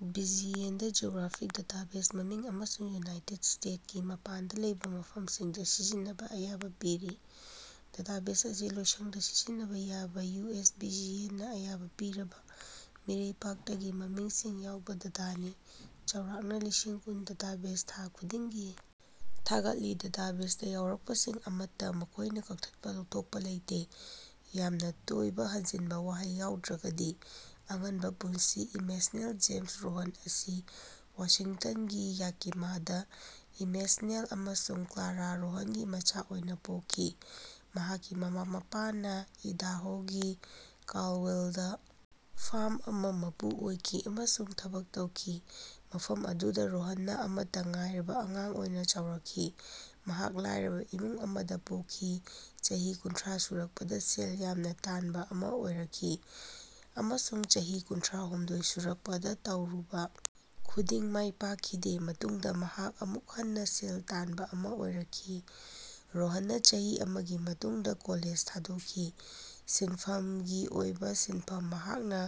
BGN the geographic database ꯃꯃꯤꯡ ꯑꯃꯁꯨꯡ united ꯁ꯭ꯇꯦꯠꯁꯀꯤ ꯃꯄꯥꯟꯗ ꯂꯩꯕ ꯃꯐꯝꯁꯤꯡꯗ ꯁꯤꯖꯤꯟꯅꯕ ꯑꯌꯥꯕ ꯄꯤꯔꯤ꯫ ꯗꯇꯥꯕꯦꯁ ꯑꯁꯤ ꯂꯣꯏꯁꯪꯗ ꯁꯤꯖꯤꯟꯅꯕ ꯌꯥꯕ ꯌꯨꯑꯦꯁ ꯕꯤꯖꯤꯑꯦꯟ ꯅ ꯑꯌꯥꯕ ꯄꯤꯔꯕ ꯃꯤꯔꯩꯄꯥꯛꯇꯒꯤ ꯃꯃꯤꯡꯁꯤꯡ ꯌꯥꯎꯕ ꯗꯥꯇꯥꯅꯤ꯫ ꯆꯧꯔꯥꯛꯅ ꯂꯤꯁꯤꯡꯀꯨꯟ ꯗꯥꯇꯥꯕꯦꯁ ꯊꯥ ꯈꯨꯗꯤꯡꯒꯤ ꯊꯥꯒꯠꯂꯤ꯫ ꯗꯥꯇꯥꯕꯦꯁ ꯇ ꯌꯥꯎꯔꯛꯄꯁꯤꯡ ꯑꯃꯠꯇ ꯃꯈꯣꯏꯅ ꯀꯛꯊꯠꯄ ꯂꯧꯊꯣꯛꯄ ꯂꯩꯇꯦ, ꯌꯥꯝꯅ ꯇꯣꯏꯕ ꯍꯟꯖꯤꯟꯕ ꯋꯥꯍꯩ ꯌꯥꯎꯗ꯭ꯔꯒꯗꯤ꯫ ꯑꯉꯟꯕ ꯄꯨꯟꯁꯤ ꯏꯃꯦꯅ꯭ꯌꯦꯜ ꯖꯦꯝꯁ ꯔꯣꯍꯟ ꯑꯁꯤ ꯋꯥꯁꯤꯡꯇꯟꯒꯤ ꯌꯥꯀꯤꯃꯥꯗ ꯏꯃꯦꯅ꯭ꯌꯦꯜ ꯑꯃꯁꯨꯡ ꯀ꯭ꯂꯥꯔꯥ ꯔꯣꯍꯟꯒꯤ ꯃꯆꯥ ꯑꯣꯏꯅ ꯄꯣꯛꯈꯤ꯫ ꯃꯍꯥꯛꯀꯤ ꯃꯃꯥ-ꯃꯄꯥꯅ ꯏꯗꯥꯍꯣꯒꯤ ꯀꯥꯜꯗꯋꯦꯜꯗ ꯐꯥꯔ꯭ꯝ ꯑꯃ ꯃꯄꯨ ꯑꯣꯏꯈꯤ ꯑꯃꯁꯨꯡ ꯊꯕꯛ ꯇꯧꯈꯤ꯫ ꯃꯐꯝ ꯑꯗꯨꯗ ꯔꯣꯍꯟꯅ ꯑꯃꯠꯇ ꯉꯥꯏꯔꯕ ꯑꯉꯥꯡ ꯑꯣꯏꯅ ꯆꯥꯎꯔꯛꯈꯤ꯫ ꯃꯍꯥꯛ ꯂꯥꯏꯔꯕ ꯏꯃꯨꯡ ꯑꯃꯗ ꯄꯣꯛꯈꯤ, ꯆꯍꯤ ꯀꯨꯟꯊ꯭ꯔꯥ ꯁꯨꯔꯛꯄꯗ ꯁꯦꯜ ꯌꯥꯝꯅ ꯇꯥꯟꯕ ꯑꯃ ꯑꯣꯏꯔꯛꯈꯤ, ꯑꯃꯁꯨꯡ ꯆꯍꯤ ꯀꯨꯟꯊ꯭ꯔꯥꯍꯨꯝꯗꯣꯏ ꯁꯨꯔꯛꯄꯗ ꯇꯧꯔꯨꯕ ꯈꯨꯗꯤꯡ ꯃꯥꯏꯄꯥꯛꯈꯤꯗꯦ꯫ ꯃꯇꯨꯡꯗ ꯃꯍꯥꯛ ꯑꯃꯨꯛ ꯍꯟꯅ ꯁꯦꯜ ꯇꯥꯟꯕ ꯑꯃ ꯑꯣꯏꯔꯛꯈꯤ꯫ ꯔꯣꯍꯟꯅ ꯆꯍꯤ ꯑꯃꯒꯤ ꯃꯇꯨꯡꯗ ꯀꯣꯂꯦꯖ ꯊꯥꯗꯣꯛꯈꯤ꯫ ꯁꯤꯟꯐꯝꯒꯤ ꯑꯣꯏꯕ ꯁꯤꯟꯐꯝ ꯃꯍꯥꯛꯅ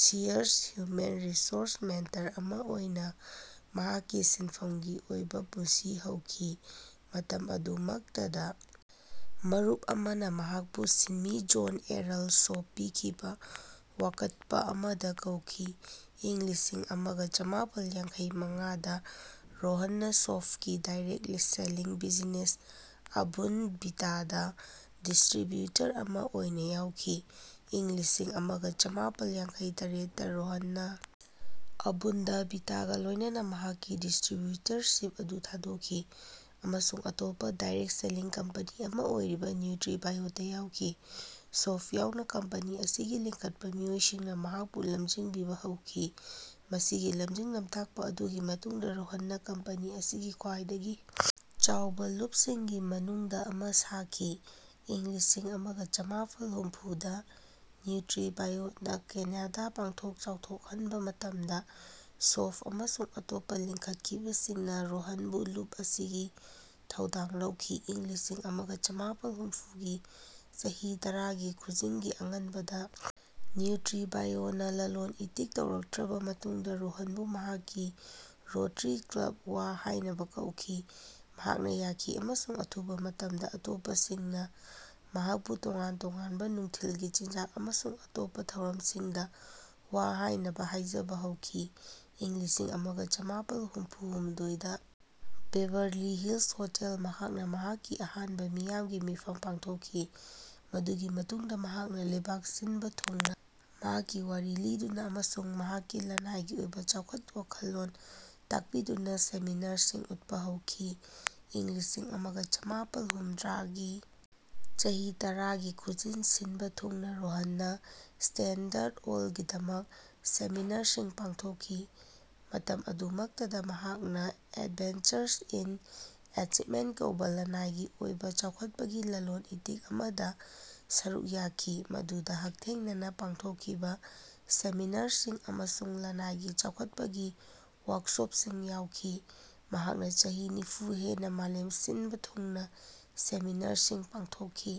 ꯁꯤꯌꯔꯁ ꯍ꯭ꯌꯨꯃꯦꯟ ꯔꯤꯁꯣꯔꯁ ꯃꯦꯟꯇꯔ ꯑꯃ ꯑꯣꯏꯅ ꯃꯍꯥꯛꯀꯤ ꯁꯤꯟꯐꯝꯒꯤ ꯑꯣꯏꯕ ꯄꯨꯟꯁꯤ ꯍꯧꯈꯤ꯫ ꯃꯇꯝ ꯑꯗꯨꯃꯛꯇꯗ, ꯃꯔꯨꯞ ꯑꯃꯅ ꯃꯍꯥꯛꯄꯨ ꯁꯤꯟꯃꯤ ꯖꯣꯟ ꯑꯦꯔꯜ ꯁꯣꯐ ꯄꯤꯈꯤꯕ ꯋꯥꯀꯠꯄ ꯑꯃꯗ ꯀꯧꯈꯤ꯫ ꯏꯪ ꯂꯤꯁꯤꯡ ꯑꯃꯒ ꯆꯃꯥꯄꯜ ꯌꯥꯡꯈꯩꯃꯉꯥꯗ ꯔꯣꯍꯟꯅ ꯁꯣꯐꯀꯤ ꯗꯥꯏꯔꯦꯛ ꯁꯦꯂꯤꯡ ꯕꯤꯖꯤꯅꯦꯁ ꯑꯕꯨꯟꯗ ꯚꯤꯇꯥꯗ ꯗꯤꯁꯇ꯭ꯔꯤꯕ꯭ꯌꯨꯇꯔ ꯑꯃ ꯑꯣꯏꯅ ꯌꯥꯎꯈꯤ꯫ ꯏꯪ ꯂꯤꯁꯤꯡ ꯑꯃꯒ ꯆꯃꯥꯄꯜ ꯌꯥꯡꯈꯩꯇꯔꯦꯠꯇꯥ ꯔꯣꯍꯟꯅ ꯑꯕꯨꯟꯗ ꯚꯤꯇꯥꯒ ꯂꯣꯏꯅꯅ ꯃꯍꯥꯛꯀꯤ ꯗꯤꯁꯇ꯭ꯔꯤꯕ꯭ꯌꯨꯇꯔꯁꯤꯞ ꯑꯗꯨ ꯊꯥꯗꯣꯛꯈꯤ ꯑꯃꯁꯨꯡ ꯑꯇꯣꯞꯄ ꯗꯥꯏꯔꯦꯛꯠ ꯁꯦꯂꯤꯡ ꯀꯝꯄꯅꯤ ꯑꯃ ꯑꯣꯏꯔꯤꯕ ꯅ꯭ꯌꯨꯇ꯭ꯔꯤ-ꯕꯥꯏꯌꯣꯗ ꯌꯥꯎꯈꯤ꯫ ꯁꯣꯐ ꯌꯥꯎꯅ ꯀꯝꯄꯅꯤ ꯑꯁꯤꯒꯤ ꯂꯤꯡꯈꯠꯄ ꯃꯤꯑꯣꯏꯁꯤꯡꯅ ꯃꯍꯥꯛꯄꯨ ꯂꯝꯖꯤꯡꯕꯤꯕ ꯍꯧꯈꯤ꯫ ꯃꯁꯤꯒꯤ ꯂꯝꯖꯤꯡ-ꯂꯝꯇꯥꯛꯄ ꯑꯗꯨꯒꯤ ꯃꯇꯨꯡꯗ ꯔꯣꯍꯟꯅ ꯀꯝꯄꯅꯤ ꯑꯁꯤꯒꯤ ꯈ꯭ꯋꯥꯏꯗꯒꯤ ꯆꯥꯎꯕ ꯂꯨꯞꯁꯤꯡꯒꯤ ꯃꯅꯨꯡꯗ ꯑꯃ ꯁꯥꯈꯤ꯫ ꯏꯪ ꯂꯤꯁꯤꯡ ꯑꯃꯒ ꯆꯃꯥꯄꯜ ꯍꯨꯝꯐꯨꯗ ꯅ꯭ꯌꯨꯇ꯭ꯔꯤ-ꯕꯥꯏꯌꯣꯅ ꯀꯦꯅꯗꯥ ꯄꯥꯛꯊꯣꯛ ꯆꯥꯎꯊꯣꯛꯍꯟꯕ ꯃꯇꯝꯗ ꯁꯣꯐ ꯑꯃꯁꯨꯡ ꯑꯇꯣꯞꯄ ꯂꯤꯡꯈꯠꯈꯤꯕꯁꯤꯡꯅ ꯔꯣꯍꯟꯕꯨ ꯂꯨꯞ ꯑꯁꯤꯒꯤ ꯊꯧꯗꯥꯡ ꯂꯧꯈꯤ꯫ ꯏꯪ ꯂꯤꯁꯤꯡ ꯑꯃꯒ ꯆꯃꯥꯄꯜ ꯍꯨꯝꯐꯨꯒꯤ ꯆꯍꯤ ꯇꯔꯥꯒꯤ ꯈꯨꯖꯤꯡꯒꯤ ꯑꯉꯟꯕꯗ ꯅ꯭ꯌꯨꯇ꯭ꯔꯤ-ꯕꯥꯏꯌꯣꯅ ꯂꯂꯣꯟ-ꯏꯇꯤꯛ ꯇꯧꯔꯛꯇ꯭ꯔꯕ ꯃꯇꯨꯡꯗ ꯔꯣꯍꯟꯕꯨ ꯃꯍꯥꯛꯀꯤ ꯔꯣꯇꯔꯤ ꯀ꯭ꯂꯕ ꯋꯥ ꯍꯥꯏꯅꯕ ꯀꯧꯈꯤ꯫ ꯃꯍꯥꯛꯅ ꯌꯥꯈꯤ, ꯑꯃꯁꯨꯡ ꯑꯊꯨꯕ ꯃꯇꯝꯗ ꯑꯇꯣꯞꯄꯁꯤꯡꯅ ꯃꯍꯥꯛꯄꯨ ꯇꯣꯉꯥꯟ-ꯇꯣꯉꯥꯟꯕ ꯅꯨꯡꯊꯤꯜꯒꯤ ꯆꯤꯟꯖꯥꯛ ꯑꯃꯁꯨꯡ ꯑꯇꯣꯞꯄ ꯊꯧꯔꯝꯁꯤꯡꯗ ꯋꯥ ꯍꯥꯏꯅꯕ ꯍꯥꯏꯖꯕ ꯍꯧꯈꯤ꯫ ꯏꯪ ꯂꯤꯁꯤꯡ ꯑꯃꯒ ꯆꯃꯥꯄꯜ ꯍꯨꯝꯐꯨꯍꯨꯝꯗꯣꯏꯗ ꯕꯦꯕꯔꯂꯤ ꯍꯤꯜꯁ ꯍꯣꯇꯦꯜ ꯃꯍꯥꯛꯅ ꯃꯍꯥꯛꯀꯤ ꯑꯍꯥꯟꯕ ꯃꯤꯌꯥꯝꯒꯤ ꯃꯤꯐꯝ ꯄꯥꯡꯊꯣꯛꯈꯤ꯫ ꯃꯗꯨꯒꯤ ꯃꯇꯨꯡꯗ ꯃꯍꯥꯛꯅ ꯂꯩꯕꯥꯛ ꯁꯤꯟꯕ ꯊꯨꯡꯅ ꯃꯍꯥꯛꯀꯤ ꯋꯥꯔꯤ ꯂꯤꯗꯨꯅ ꯑꯃꯁꯨꯡ ꯃꯍꯥꯛꯀꯤ ꯂꯅꯥꯏꯒꯤ ꯑꯣꯏꯕ ꯆꯥꯎꯈꯠꯄ ꯋꯥꯈꯜꯂꯣꯟ ꯇꯥꯛꯄꯤꯗꯨꯅ ꯁꯦꯃꯤꯅꯥꯔꯁꯤꯡ ꯎꯠꯄ ꯍꯧꯈꯤ꯫ ꯏꯪ ꯂꯤꯁꯤꯡ ꯑꯃꯒ ꯆꯃꯥꯄꯜ ꯍꯨꯝꯗ꯭ꯔꯥꯒꯤ ꯆꯍꯤ ꯇꯔꯥꯒꯤ ꯈꯨꯖꯤꯡ ꯁꯤꯟꯕ ꯊꯨꯡꯅ ꯔꯣꯍꯟꯅ ꯁ꯭ꯇꯦꯟꯗ꯭ꯔꯠ ꯑꯣꯏꯜꯒꯤꯗꯃꯛ ꯁꯦꯃꯤꯅꯥꯔꯁꯤꯡ ꯄꯥꯡꯊꯣꯛꯈꯤ꯫ ꯃꯇꯝ ꯑꯗꯨꯃꯛꯇꯗ ꯃꯍꯥꯛꯅ ꯑꯦꯗꯚꯦꯟꯆꯔꯁ ꯏꯟ ꯑꯦꯆꯤꯚꯃꯦꯟꯠ ꯀꯧꯕ ꯂꯅꯥꯏꯒꯤ ꯑꯣꯏꯕ ꯆꯥꯎꯈꯠꯄꯒꯤ ꯂꯂꯣꯟ-ꯏꯇꯤꯛ ꯑꯃꯗ ꯁꯔꯨꯛ ꯌꯥꯈꯤ, ꯃꯗꯨꯗ ꯍꯛꯊꯦꯡꯅꯅ ꯄꯥꯡꯊꯣꯛꯈꯤꯕ ꯁꯦꯃꯤꯅꯥꯔꯁꯤꯡ ꯑꯃꯁꯨꯡ ꯂꯅꯥꯏꯒꯤ ꯆꯥꯎꯈꯠꯄꯒꯤ ꯋꯥꯔꯛꯁꯣꯞꯁꯤꯡ ꯌꯥꯎꯈꯤ꯫ ꯃꯍꯥꯛꯅ ꯆꯍꯤ ꯅꯤꯐꯨ ꯍꯦꯟꯅ ꯃꯥꯂꯦꯝ ꯁꯤꯟꯕ ꯊꯨꯡꯅ ꯁꯦꯃꯤꯅꯥꯔꯁꯤꯡ ꯄꯥꯡꯊꯣꯛꯈꯤ꯫